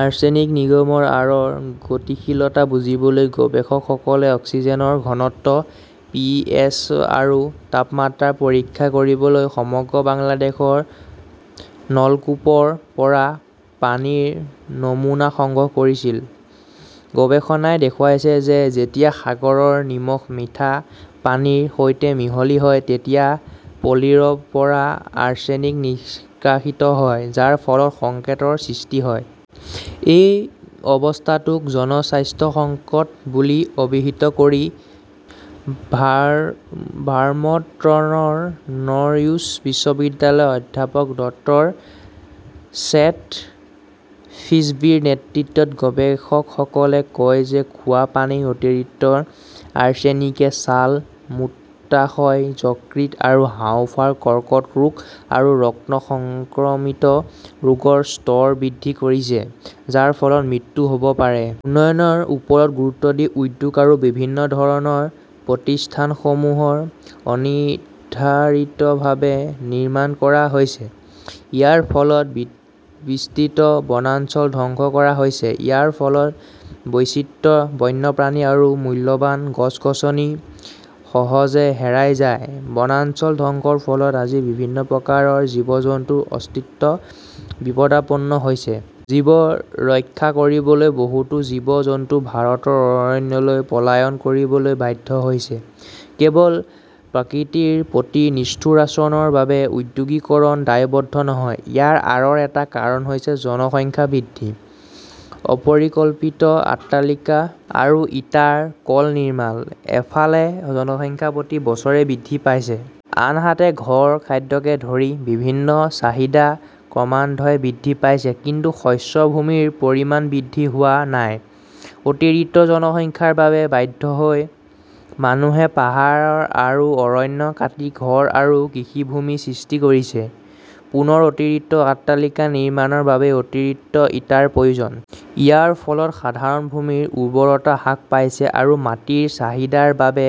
Arsenic নিৰ্গমনৰ আঁৰৰ গতিশীলতা বুজিবলৈ গৱেষকসকলে অক্সিজেনৰ ঘনত্ব, পিএইচ আৰু তাপমাত্ৰা পৰীক্ষা কৰিবলৈ সমগ্ৰ বাংলাদেশৰ নলকূপৰ পৰা পানীৰ নমুনা সংগ্ৰহ কৰিছিল। গৱেষণাই দেখুৱাইছে যে যেতিয়া সাগৰৰ নিমখ মিঠা পানীৰ সৈতে মিহলি হয়, তেতিয়া পলিৰ পৰা আৰ্ছেনিক নিষ্কাশিত হয়, যাৰ ফলত সংকটৰ সৃষ্টি হয়। এই অৱস্থাটোক জনস্বাস্থ্য সংকট বুলি অভিহিত কৰি ভাৰ্মণ্টৰ নৰউইচ বিশ্ববিদ্যালয়ৰ অধ্যাপক ডক্তৰ ছেথ ফ্ৰিছবীৰ নেতৃত্বত গৱেষকসকলে কয় যে খোৱা পানীৰ অতিৰিক্ত আৰ্ছেনিকে ছাল, মূত্ৰাশয়, যকৃত আৰু হাঁওফাঁওৰ কৰ্কট ৰোগ আৰু ৰক্ত সংক্ৰমিত ৰোগৰ স্তৰ বৃদ্ধি কৰিছে, যাৰ ফলত মৃত্যু হ'ব পাৰে। উন্নয়নৰ ওপৰত গুৰুত্ব দি উদ্যোগ আৰু বিভিন্ন ধৰণৰ প্ৰতিষ্ঠানসমূহ অনিৰ্ধাৰিতভাৱে নিৰ্মাণ কৰা হৈছে। ইয়াৰ ফলত বিস্তৃত বনাঞ্চল ধ্বংস কৰা হৈছে। ইয়াৰ ফলত বৈচিত্ৰ্য, বন্যপ্ৰাণী আৰু মূল্যৱান গছ-গছনি সহজে হেৰাই যায়। বনাঞ্চল ধ্বংসৰ ফলত আজি বিভিন্ন প্ৰকাৰৰ জীৱ-জন্তুৰ অস্তিত্ব বিপদাপন্ন হৈছে। জীৱন ৰক্ষা কৰিবলৈ বহুতো জীৱ-জন্তু ভাৰতৰ অৰণ্যলৈ পলায়ন কৰিবলৈ বাধ্য হৈছে। কেৱল প্ৰকৃতিৰ প্ৰতি নিষ্ঠুৰ আচৰণৰ বাবে ঔদ্যোগিকৰণ দায়বদ্ধ নহয়। ইয়াৰ আঁৰৰ এটা কাৰণ হৈছে জনসংখ্যা বৃদ্ধি, অপৰিকল্পিত অট্টালিকা আৰু ইটাৰ কল নিৰ্মাণ। এফালে, জনসংখ্যা প্ৰতি বছৰে বৃদ্ধি পাইছে। আনহাতে, ঘৰ, খাদ্যকে ধৰি বিভিন্ন চাহিদা ক্ৰমান্বয়ে বৃদ্ধি পাইছে, কিন্তু শস্য ভূমিৰ পৰিমাণ বৃদ্ধি হোৱা নাই। অতিৰিক্ত জনসংখ্যাৰ বাবে বাধ্য হৈ মানুহে পাহাৰ আৰু অৰণ্য কাটি ঘৰ আৰু কৃষিভূমি সৃষ্টি কৰিছে। পুনৰ অতিৰিক্ত অট্টালিকা নিৰ্মাণৰ বাবে অতিৰিক্ত ইটাৰ প্ৰয়োজন। ইয়াৰ ফলত সাধাৰণ ভূমিৰ উৰ্বৰতা হ্ৰাস পাইছে আৰু মাটিৰ চাহিদাৰ বাবে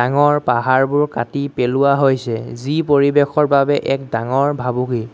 ডাঙৰ পাহাৰবোৰ কাটি পেলোৱা হৈছে, যি পৰিৱেশৰ বাবে এক ডাঙৰ ভাবুকি।